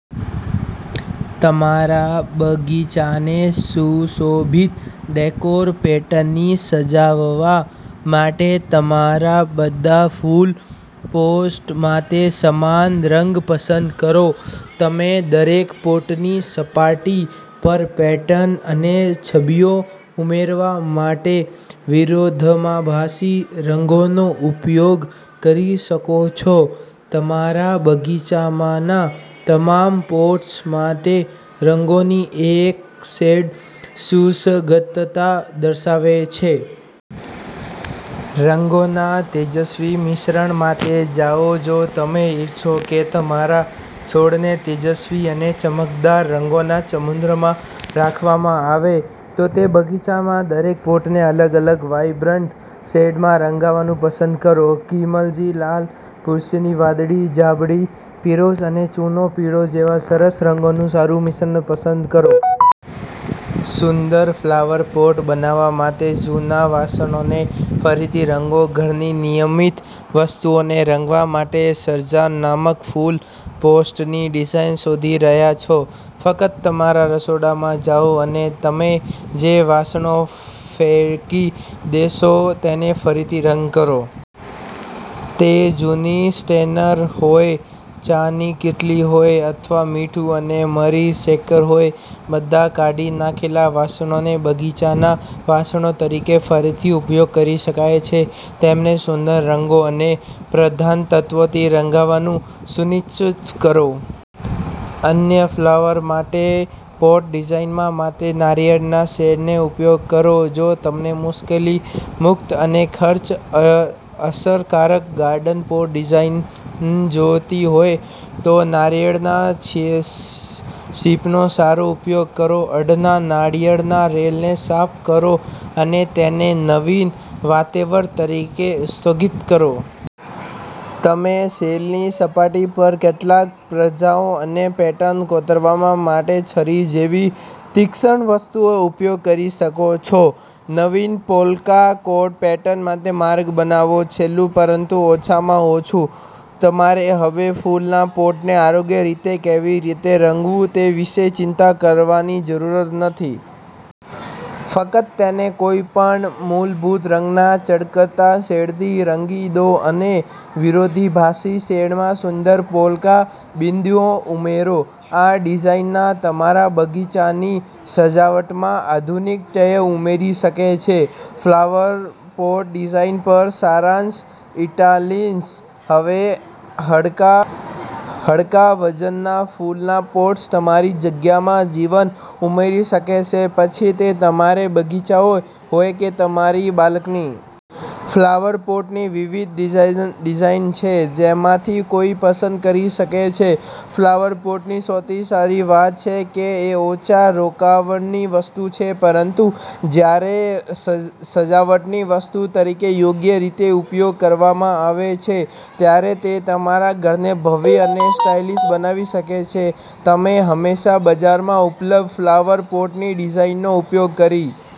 તમારા બગીચાને સુશોભિત ડેકોર પેટર્નથી સજાવવા માટે તમારા બધા ફૂલ પોટ્સ માટે સમાન રંગ પસંદ કરો. તમે દરેક પોટની સપાટી પર પેટર્ન અને છબીઓ ઉમેરવા માટે વિરોધાભાસી રંગોનો ઉપયોગ કરી શકો છો. તમારા બગીચામાંના તમામ પોટ્સ માટે રંગનો એક શેડ સુસંગતતા દર્શાવે છે. રંગોના તેજસ્વી મિશ્રણ માટે જાઓ જો તમે ઇચ્છો છો કે તમારા છોડને તેજસ્વી અને ચમકદાર રંગોના સમુદ્રમાં રાખવામાં આવે, તો બગીચાના દરેક પોટને અલગ-અલગ વાઇબ્રન્ટ શેડમાં રંગવાનું પસંદ કરો. કિરમજી લાલ, પ્રુશિયન વાદળી, જાંબલી, પીરોજ અને ચૂનો પીળો જેવા સરસ રંગોનું સારું મિશ્રણ પસંદ કરો. સુંદર ફ્લાવર પોટ બનાવવા માટે જૂના વાસણોને ફરીથી રંગો ઘરની નિયમિત વસ્તુઓને રંગવા માટે સર્જનાત્મક ફૂલ પોટ્સની ડિઝાઇન શોધી રહ્યાં છો? ફક્ત તમારા રસોડામાં જાઓ અને તમે જે વાસણો ફેંકી દેશો તેને ફરીથી રંગ કરો. તે જૂની સ્ટ્રેનર હોય, ચાની કીટલી હોય, અથવા મીઠું અને મરી શેકર હોય, બધા કાઢી નાખેલા વાસણોનો બગીચાના વાસણો તરીકે ફરીથી ઉપયોગ કરી શકાય છે. તેમને સુંદર રંગો અને પ્રધાનતત્ત્વોથી રંગવાનું સુનિશ્ચિત કરો. અનન્ય ફ્લાવર પોટ ડિઝાઇન માટે નારિયેળના શેલનો ઉપયોગ કરો જો તમને મુશ્કેલી-મુક્ત અને ખર્ચ-અસરકારક ગાર્ડન પોટ ડિઝાઇન જોઈતી હોય, તો નારિયેળના છીપનો સારો ઉપયોગ કરો. અડધા નાળિયેરના શેલને સાફ કરો અને તેને નવીન વાવેતર તરીકે સ્થગિત કરો. તમે શેલની સપાટી પર કેટલાક પટ્ટાઓ અને પેટર્ન કોતરવા માટે છરી જેવી તીક્ષ્ણ વસ્તુનો ઉપયોગ કરી શકો છો. નવીન પોલ્કા ડોટ પેટર્ન માટે માર્ગ બનાવો છેલ્લું પરંતુ ઓછામાં ઓછું, તમારે હવે ફૂલના પોટને યોગ્ય રીતે કેવી રીતે રંગવું તે વિશે ચિંતા કરવાની જરૂર નથી. ફક્ત તેને કોઈપણ મૂળભૂત રંગના ચળકતા શેડથી રંગી દો અને વિરોધાભાસી શેડમાં સુંદર પોલ્કા બિંદુઓ ઉમેરો. આ ડિઝાઇન તમારા બગીચાની સજાવટમાં આધુનિક ટચ ઉમેરી શકે છે. ફ્લાવર પોટ ડિઝાઇન પર સારાંશ સ્ટાઇલિશ અને હળવા વજનના ફૂલના પોટ્સ તમારી જગ્યામાં જીવન ઉમેરી શકે છે, પછી તે તમારો બગીચો હોય કે તમારી બાલ્કની. ફ્લાવર પોટની વિવિધ ડિઝાઈન છે જેમાંથી કોઈ પસંદ કરી શકે છે. ફ્લાવર પોટ્સની સૌથી સારી વાત એ છે કે તે ઓછા રોકાણની વસ્તુ છે, પરંતુ જ્યારે સજાવટની વસ્તુ તરીકે યોગ્ય રીતે ઉપયોગ કરવામાં આવે છે, ત્યારે તે તમારા ઘરને ભવ્ય અને સ્ટાઇલિશ બનાવી શકે છે. તમે હંમેશા બજારમાં ઉપલબ્ધ ફ્લાવર પોટ્સની ડિઝાઇનનો ઉપયોગ કરી